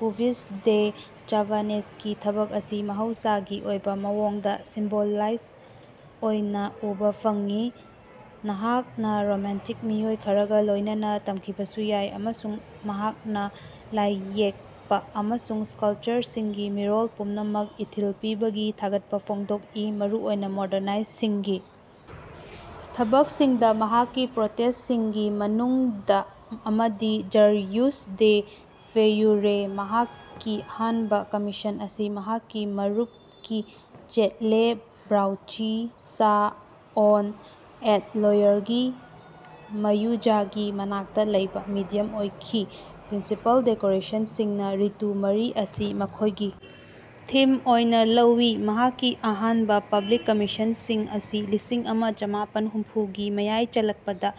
ꯄꯨꯚꯤꯁ ꯗꯦ ꯆꯥꯚꯥꯅꯦꯁꯀꯤ ꯊꯕꯛ ꯑꯁꯤ ꯃꯍꯧꯁꯥꯒꯤ ꯑꯣꯏꯕ ꯃꯑꯣꯡꯗ ꯁꯤꯝꯕꯣꯂꯤꯁ꯭ꯠ ꯑꯣꯏꯅ ꯎꯕꯥ ꯐꯪꯏ ꯃꯍꯥꯛꯅꯥ ꯔꯣꯃꯥꯟꯇꯤꯛ ꯃꯤꯑꯣꯏ ꯈꯔꯒꯥ ꯂꯣꯏꯅꯅꯥ ꯇꯝꯈꯤꯕꯁꯨ ꯌꯥꯏ ꯑꯃꯁꯨꯡ ꯃꯍꯥꯛꯅꯥ ꯂꯥꯏꯌꯦꯛꯄ ꯑꯃꯁꯨꯡ ꯁ꯭ꯀꯜꯄꯆꯥꯔꯁꯤꯡꯒꯤ ꯃꯤꯔꯣꯜ ꯄꯨꯝꯅꯃꯛꯄꯨ ꯏꯊꯤꯜ ꯄꯤꯕꯒꯤ ꯊꯥꯒꯠꯄꯥ ꯐꯣꯡꯗꯣꯛꯏ ꯃꯔꯨ ꯑꯣꯏꯅꯥ ꯃꯣꯗꯔꯅꯤꯁ꯭ꯠꯁꯤꯡꯒꯤ ꯊꯕꯛꯁꯤꯡꯗꯥ ꯃꯍꯥꯛꯀꯤ ꯄ꯭ꯔꯣꯇꯦꯖꯁꯤꯡꯒꯤ ꯃꯅꯨꯡꯗ ꯑꯃꯗꯤ ꯖꯔꯖꯁ ꯗꯦ ꯐꯦꯎꯔꯦ꯫ ꯃꯍꯥꯛꯀꯤ ꯑꯍꯥꯟꯕ ꯀꯃꯤꯁꯟ ꯑꯁꯤ ꯃꯍꯥꯛꯀꯤ ꯃꯔꯨꯞꯀꯤ ꯆꯦꯠ ꯂꯦ ꯕ꯭ꯔꯥꯎꯆꯤ ꯁꯥꯑꯣꯟ ꯑꯦꯠ ꯂꯣꯌꯔꯒꯤ ꯀ꯭ꯌꯨꯏꯖꯒꯤ ꯃꯅꯥꯛꯇꯥ ꯂꯩꯕꯥ ꯃꯦꯗꯤꯌꯝ ꯁ꯭ꯇꯥꯏꯜꯒꯤ ꯁ꯭ꯇꯔꯛꯆꯔꯒꯤꯗꯃꯛ ꯑꯣꯏꯈꯤ꯫ ꯄ꯭ꯔꯤꯟꯁꯤꯄꯥꯜ ꯗꯦꯀꯣꯔꯦꯁꯟꯁꯤꯡꯅꯥ ꯔꯤꯇꯨ ꯃꯔꯤ ꯑꯁꯤ ꯃꯈꯣꯏꯒꯤ ꯊꯤꯝ ꯑꯣꯏꯅꯥ ꯂꯧꯏ꯫ ꯃꯍꯥꯛꯀꯤ ꯑꯍꯥꯟꯕꯥ ꯄꯕ꯭ꯂꯤꯛ ꯀꯃꯤꯁꯟꯁꯤꯡ ꯑꯁꯤ ꯂꯤꯁꯤꯡ ꯑꯃ ꯆꯃꯥꯄꯟ ꯍꯨꯝꯐꯨꯒꯤ ꯃꯌꯥꯏ ꯆꯜꯂꯛꯄꯗꯥ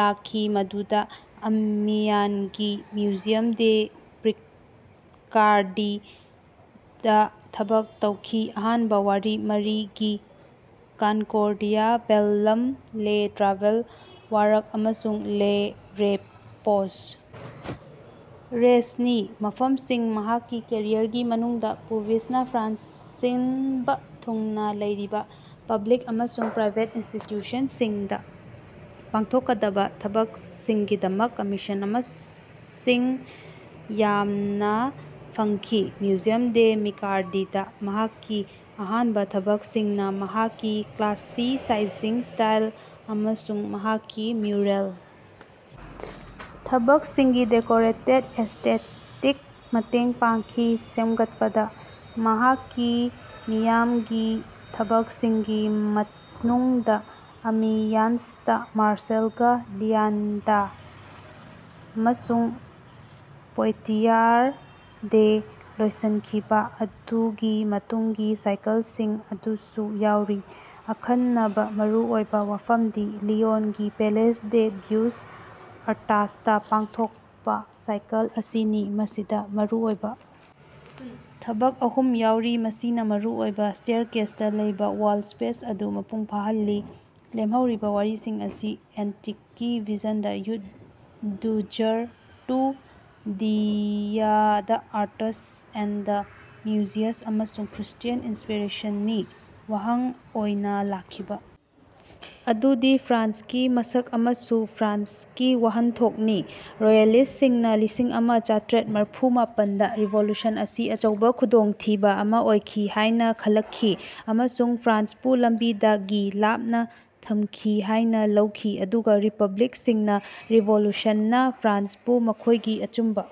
ꯂꯥꯛꯈꯤ ꯃꯗꯨꯗꯥ ꯑꯃꯤꯌꯟꯒꯤ ꯃ꯭ꯌꯨꯖꯤꯌꯝ ꯗꯦ ꯄꯤꯀꯥꯔꯗꯤꯗꯥ ꯊꯕꯛ ꯇꯧꯈꯤ꯫ ꯑꯍꯥꯟꯕ ꯋꯥꯔꯤ ꯃꯔꯤꯗꯤ ꯀꯅꯀꯣꯔꯗꯤꯌꯥ ꯕꯦꯜꯂꯝ ꯂꯦ ꯇ꯭ꯔꯥꯚꯦꯜ ꯋꯥꯔꯛ ꯑꯃꯁꯨꯡ ꯂꯦ ꯔꯦꯄꯣꯁ ꯔꯦꯁ꯭ꯠ ꯅꯤ꯫ ꯃꯐꯝꯁꯤꯡ ꯃꯍꯥꯛꯀꯤ ꯀꯦꯔꯤꯌꯔꯒꯤ ꯃꯅꯨꯡꯗ ꯄꯨꯚꯤꯁꯅꯥ ꯐ꯭ꯔꯥꯟꯁ ꯁꯤꯟꯕ ꯊꯨꯡꯅꯥ ꯂꯩꯔꯤꯕ ꯄꯕ꯭ꯂꯤꯛ ꯑꯃꯁꯨꯡ ꯄ꯭ꯔꯥꯏꯕꯦꯠ ꯏꯟꯁꯇꯤꯇ꯭ꯌꯨꯁꯟꯁꯤꯡꯗꯥ ꯄꯥꯡꯊꯣꯛꯀꯗꯕꯥ ꯊꯥꯕꯛꯁꯤꯡꯒꯤꯗꯃꯛ ꯀꯝꯃꯤꯁꯟ ꯃꯁꯤꯡ ꯌꯥꯝꯅꯥ ꯐꯪꯈꯤ꯫ ꯃ꯭ꯌꯨꯖꯤꯌꯝ ꯗꯦ ꯄꯤꯀꯥꯔꯗꯤꯗꯥ ꯃꯍꯥꯛꯀꯤ ꯑꯍꯥꯟꯕ ꯊꯕꯛꯁꯤꯡꯅꯥ ꯃꯍꯥꯛꯀꯤ ꯀ꯭ꯂꯥꯁꯤꯁꯥꯏꯖꯤꯡ ꯁ꯭ꯇꯥꯏꯜ ꯑꯃꯁꯨꯡ ꯃꯍꯥꯛꯀꯤ ꯃ꯭ꯌꯨꯔꯦꯜ ꯊꯕꯛꯁꯤꯡꯒꯤ ꯗꯦꯀꯣꯔꯦꯇꯦꯗ ꯑꯦꯁ꯭ꯇꯦꯇꯤꯛ ꯁꯦꯝꯒꯠꯄꯗꯥ ꯃꯇꯦꯡ ꯄꯥꯡꯈꯤ꯫ ꯃꯍꯥꯛꯀꯤ ꯃꯤꯌꯥꯝꯒꯤ ꯊꯕꯛꯁꯤꯡꯒꯤ ꯃꯅꯨꯡꯗ ꯑꯃꯤꯌꯟꯁꯇꯥ ꯃꯥꯔꯁꯦꯜꯗꯥ ꯂꯤꯌꯟꯗꯥ ꯑꯃꯁꯨꯡ ꯄꯣꯏꯇꯤꯌꯔꯗꯥ ꯂꯣꯏꯁꯤꯟꯈꯤꯕ ꯃꯇꯨꯡꯒꯤ ꯁꯥꯏꯀꯜꯁꯤꯡ ꯑꯗꯨꯁꯨ ꯌꯥꯎꯔꯤ꯫ ꯑꯈꯟꯅꯕ ꯃꯔꯨꯑꯣꯏꯕ ꯋꯥꯐꯝꯗꯤ ꯂꯤꯌꯣꯟꯒꯤ ꯄꯦꯂꯦꯁ ꯗꯦ ꯕꯤꯎꯁ ꯑꯥꯔꯇꯁꯇꯥ ꯄꯥꯡꯊꯣꯛꯄꯥ ꯁꯥꯏꯀꯜ ꯑꯁꯤꯅꯤ ꯃꯁꯤꯗꯥ ꯃꯔꯨꯑꯣꯏꯕ ꯊꯕꯛ ꯑꯍꯨꯝ ꯌꯥꯎꯔꯤ ꯃꯁꯤꯅꯥ ꯃꯔꯨꯑꯣꯏꯕ ꯁ꯭ꯇꯦꯔꯀꯦꯁꯇꯥ ꯂꯩꯕꯥ ꯋꯥꯜ ꯁ꯭ꯄꯦꯁ ꯑꯗꯨ ꯃꯄꯨꯡ ꯐꯥꯍꯜꯂꯤ꯫ ꯂꯦꯝꯍꯧꯔꯤꯕ ꯋꯥꯔꯤꯁꯤꯡ ꯑꯁꯤ ꯑꯦꯟꯇꯤꯛꯀꯤ vision the wood dear to the arts and the muses ꯑꯃꯁꯨꯡ ꯈ꯭ꯔ꯭ꯏꯁ꯭ꯠꯌꯥꯟ ꯏꯟꯁꯄꯤꯔꯦꯁꯟ ꯅꯤ꯫ ꯋꯥꯍꯪ ꯑꯣꯏꯅꯥ ꯂꯥꯛꯈꯤꯕ ꯑꯗꯨꯗꯤ ꯐ꯭ꯔꯥꯟꯁꯀꯤ ꯃꯁꯛ ꯑꯃꯁꯨꯡ ꯐ꯭ꯔꯥꯟꯁꯀꯤ ꯋꯥꯍꯟꯊꯣꯛꯅꯤ꯫ ꯔꯣꯌꯦꯂꯤꯁ꯭ꯠꯁꯤꯡꯅꯥ ꯂꯤꯁꯤꯡ ꯑꯃ ꯆꯥꯇ꯭ꯔꯦꯠ ꯃꯔꯐꯨ ꯃꯥꯄꯟꯗ ꯔꯤꯚꯣꯂꯨꯁꯟ ꯑꯁꯤ ꯑꯆꯧꯕ ꯈꯨꯗꯣꯡꯊꯤꯕ ꯑꯃꯥ ꯑꯣꯏꯈꯤ ꯍꯥꯏꯅꯥ ꯈꯜꯂꯛꯈꯤ ꯑꯃꯁꯨꯡ ꯐ꯭ꯔꯥꯟꯁꯄꯨ ꯂꯝꯕꯤꯗꯒꯤ ꯂꯥꯞꯅꯥ ꯊꯝꯈꯤ ꯍꯥꯏꯅꯥ ꯂꯧꯈꯤ ꯑꯗꯨꯒꯥ ꯔꯤꯄꯕ꯭ꯂꯤꯛꯁꯤꯡꯅꯥ ꯔꯤꯚꯣꯂꯨꯁꯟꯅꯥ ꯐ꯭ꯔꯥꯟꯁꯄꯨ ꯃꯈꯣꯏꯒꯤ ꯑꯆꯨꯝꯕ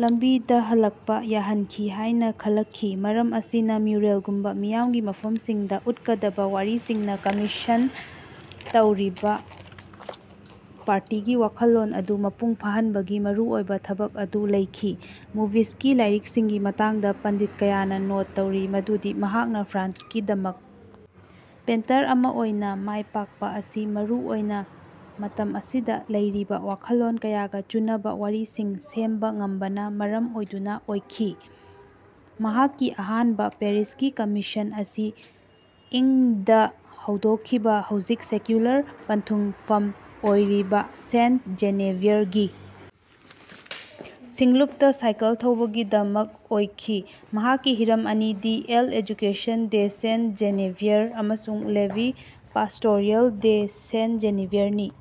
ꯂꯝꯕꯤꯗꯥ ꯍꯜꯂꯛꯄꯥ ꯌꯥꯍꯟꯈꯤ ꯍꯥꯏꯅꯥ ꯈꯜꯂꯛꯈꯤ꯫ ꯃꯔꯝ ꯑꯁꯤꯅꯥ ꯃ꯭ꯌꯨꯔꯦꯜꯒꯨꯝꯕ ꯃꯤꯌꯥꯝꯒꯤ ꯃꯐꯝꯁꯤꯡꯗꯥ ꯎꯠꯀꯗꯕꯥ ꯋꯥꯔꯤꯁꯤꯡꯅꯥ ꯀꯝꯃꯤꯁꯟ ꯇꯧꯔꯤꯕꯥ ꯄꯥꯔꯇꯤꯒꯤ ꯋꯥꯈꯜꯂꯣꯟ ꯑꯗꯨ ꯃꯄꯨꯡ ꯐꯥꯍꯟꯕꯒꯤ ꯃꯔꯨꯑꯣꯏꯕ ꯊꯕꯛ ꯑꯗꯨ ꯂꯩꯈꯤ꯫ ꯄꯨꯚꯤꯁꯀꯤ ꯂꯥꯏꯔꯤꯛꯁꯤꯡꯒꯤ ꯃꯇꯥꯡꯗ ꯄꯟꯗꯤꯠ ꯀꯌꯥꯅꯥ ꯅꯣꯠ ꯇꯧꯔꯤ ꯃꯗꯨꯗꯤ ꯃꯍꯥꯛꯅꯥ ꯐ꯭ꯔꯥꯟꯁꯀꯤꯗꯃꯛ ꯄꯦꯟꯇꯔ ꯑꯃꯥ ꯑꯣꯏꯅꯥ ꯃꯥꯏꯄꯥꯛꯄꯥ ꯑꯁꯤ ꯃꯔꯨ ꯑꯣꯏꯅꯥ ꯃꯇꯝ ꯑꯁꯤꯗꯥ ꯂꯩꯔꯤꯕꯥ ꯋꯥꯈꯜꯂꯣꯟ ꯀꯌꯥꯒꯥ ꯆꯨꯅꯕ ꯋꯥꯔꯤꯁꯤꯡ ꯁꯦꯝꯕ ꯉꯝꯕꯅꯥ ꯃꯔꯝ ꯑꯣꯏꯗꯨꯅꯥ ꯑꯣꯏꯈꯤ꯫ ꯃꯍꯥꯛꯀꯤ ꯑꯍꯥꯟꯕ ꯄꯦꯔꯤꯁꯀꯤ ꯀꯃꯤꯁꯟ ꯑꯁꯤ ꯏꯪ ꯗꯥ ꯍꯧꯗꯣꯛꯈꯤꯕ ꯍꯧꯖꯤꯛ ꯁꯦꯀ꯭ꯌꯨꯂꯔ ꯄꯟꯊꯨꯡꯐꯝ ꯑꯣꯏꯔꯤꯕ ꯁꯦꯟꯠ ꯖꯦꯅꯦꯚꯤꯌꯔꯒꯤ ꯁꯤꯡꯂꯨꯞꯇꯥ ꯁꯥꯏꯀꯜ ꯊꯧꯕꯒꯤꯗꯃꯛ ꯑꯣꯏꯈꯤ꯫ ꯃꯍꯥꯛꯀꯤ ꯍꯤꯔꯝ ꯑꯅꯤꯗꯤ L Education de Sainte Genevieve ꯑꯃꯁꯨꯡ La Vie pastorale de Sainte ꯖꯦꯅꯦꯚꯤꯌꯔꯅꯤ꯫